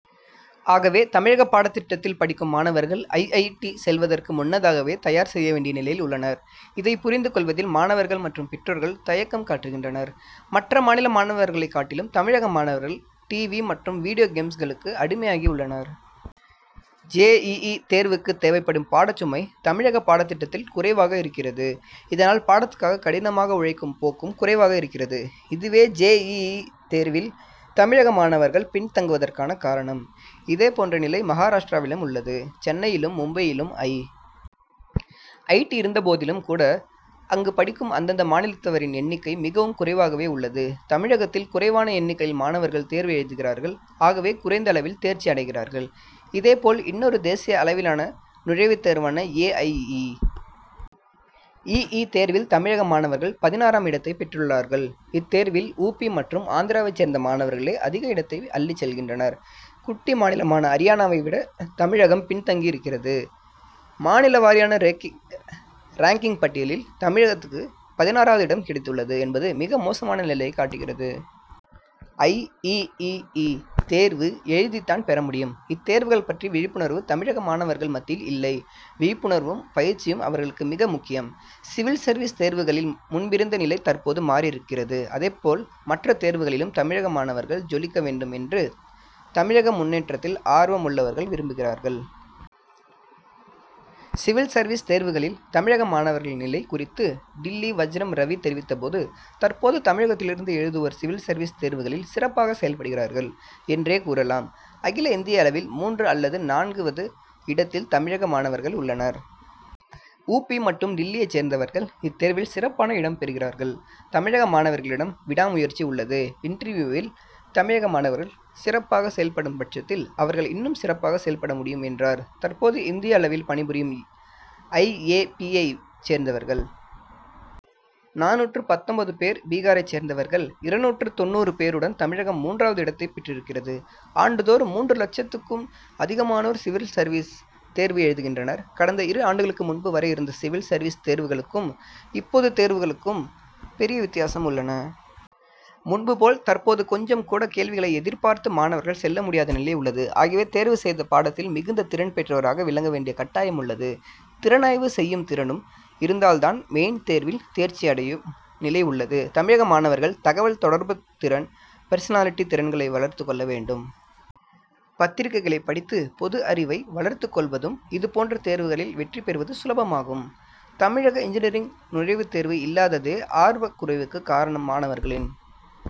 ஆகவே, தமிழக பாடத்திட்டத்தில் படிக்கும் மாணவர்கள், ஐ. ஐ. டி., செல்வதற்கு முன்னதாகவே தயார் செய்ய வேண்டிய நிலையில் உள்ளனர். இதை புரிந்து கொள்வதில் மாணவர்கள் மற்றும் பெற்றோர்கள் தயக்கம் காட்டுகின்றனர். மற்ற மாநில மாணவர்களைக் காட்டிலும் தமிழக மாணவர்கள் "டிவி' மற்றும் வீடியோ கேம்ஸ்களுக்கு அடிமையாகி உள்ளனர். ஜே. இ. இ., தேர்வுக்கு தேவைப்படும் பாடச் சுமை தமிழக பாடத்திட்டத்தில் குறைவாக இருக்கிறது. இதனால் பாடத்துக்காக கடினமாக உழைக்கும் போக்கும் குறைவாக இருக்கிறது. இதுவே ஜே. இ. இ., தேர்வில் தமிழக மாணவர்கள் பின்தங்குவதற்கான காரணம். இதே போன்ற நிலை மகாராஷ்டிராவிலும் உள்ளது. சென்னையிலும் மும்பையிலும் ஐ. ஐ. டி., இருந்த போதிலும் கூட, அங்கு படிக்கும் அந்தந்த மாநிலத்தவர்களின் எண்ணிக்கை மிகவும் குறைவாகவே உள்ளது. தமிழகத்தில் குறைவான எண்ணிக்கையில் மாணவர்கள் தேர்வு எழுதுகிறார்கள். ஆகவே குறைந்த அளவில் தேர்ச்சி அடைகிறார்கள். இதே போல், இன்னொரு தேசிய அளவிலானநுழைவுத் தேர்வான ஏ. ஐ. இ. இ. இ., தேர்வில் தமிழகமாணவர்கள் பதினாறாம் இடத்தைப் பெற்றுள்ளார்கள். இத்தேர்வில் உ. பி., மற்றும் ஆந்திராவைச் சேர்ந்த மாணவர்களே அதிக இடத்தை அள்ளிச் செல்கின்றனர். குட்டி மாநிலமான அரியானாவை விட தமிழகம் பின்தங்கியிருக்கிறது. மாநில வாரியான ரேங்கிங் பட்டியலில் தமிழகத்துக்கு பதினாறாவது இடம் கிடைத்துள்ளது என்பது மிக மோசமான நிலையையே காட்டுகிறது. ஐ. இ. இ. இ., தேர்வு எழுதித்தான் பெறமுடியும். இத்தேர்வுகள்பற்றி விழிப்புணர்வு தமிழக மாணவர்கள் மத்தியில் இல்லை. விழிப்புணர்வும் பயிற்சியும் அவர்களுக்கு மிக முக்கியம். சிவில் சர்வீஸ் தேர்வுகளில் முன்பிருந்த நிலை தற்போது மாறியிருக்கிறது. அதேபோல், மற்ற தேர்வுகளிலும் தமிழக மாணவர்கள் ஜொலிக்க வேண்டும் என்று தமிழக முன்னேற்றத்தில் ஆர்வம் உள்ளவர்கள் விரும்புகிறார்கள். சிவில் சர்வீஸ் தேர்வுகளில் தமிழக மாணவர்களின் நிலை குறித்து டில்லி வஜ்ரம் ரவி தெரிவித்த போது, தற்போது தமிழகத்திலிருந்து எழுதுவோர் சிவில் சர்வீஸ் தேர்வுகளில் சிறப்பாக செயல்படுகிறார்கள் என்றே கூறலாம். அகில இந்திய அளவில் மூன்று அல்லது நான்கு வது இடத்தில் தமிழக மாணவர்கள் உள்ளனர். உ. பி., மற்றும் டில்லியை சேர்ந்தவர்கள் இத்தேர்வில் சிறப்பான இடம் பெறுகிறார்கள். தமிழக மாணவர்களிடம் விடா முயற்சி உள்ளது. இன்டர்வியூவில் தமிழக மாணவர்கள் சிறப்பாக செயல்படும் பட்சத்தில் அவர்கள் இன்னும் சிறப்பாக செயல்படமுடியும்' என்றார். தற்போது, இந்திய அளவில் பணிபுரியும் ஐ. ஏ. பி.,யை சேர்ந்தவர்கள். நானூற்று பத்தொன்பது பேர் பீகாரை சேர்ந்தவர்கள். இருநூற்று தொண்ணூறு பேருடன் தமிழகம் மூன்றாவது இடத்தைப் பெற்றிருக்கிறது. ஆண்டுதோறும் மூன்று லட்சத்துக்கும் அதிகமானோர் சிவில் சர்வீஸ் தேர்வு எழுதுகின்றனர். கடந்த இரு ஆண்டுகளுக்கு முன்பு வரை இருந்த சிவில் சர்வீஸ் தேர்வுகளுக்கும் இப்போதுள்ள தேர்வுகளுக்கும் பெரிய வித்தியாசம் உள்ளன. முன்பு போல், தற்போது கொஞ்சம் கூட, கேள்விகளை எதிர்பார்த்து மாணவர்கள் செல்ல முடியாத நிலை உள்ளது. ஆகவே, தேர்வு செய்த பாடத்தில் மிகுந்த திறன் பெற்றவராக விளங்க வேண்டிய கட்டாயம் உள்ளது. திறனாய்வு செய்யும்திறனும் இருந்தால்தான் மெயின் தேர்வில் தேர்ச்சி அடையும் நிலை உள்ளது. தமிழக மாணவர்கள் தகவல் தொடர்புத் திறன், பெர்சனாலிட்டி திறன்களை வளர்த்துக் கொள்ள வேண்டும். பத்திரிகைகளை படித்து பொது அறிவை வளர்த்துக் கொள்வதும் இதுபோன்ற தேர்வுகளில் வெற்றிபெறுவது சுலபமாகும். தமிழக இன்ஜினியரிங் நுழைவுத் தேர்வு இல்லாததே ஆர்வக்குறைவுக்கு காரணம் மாணவர்களின்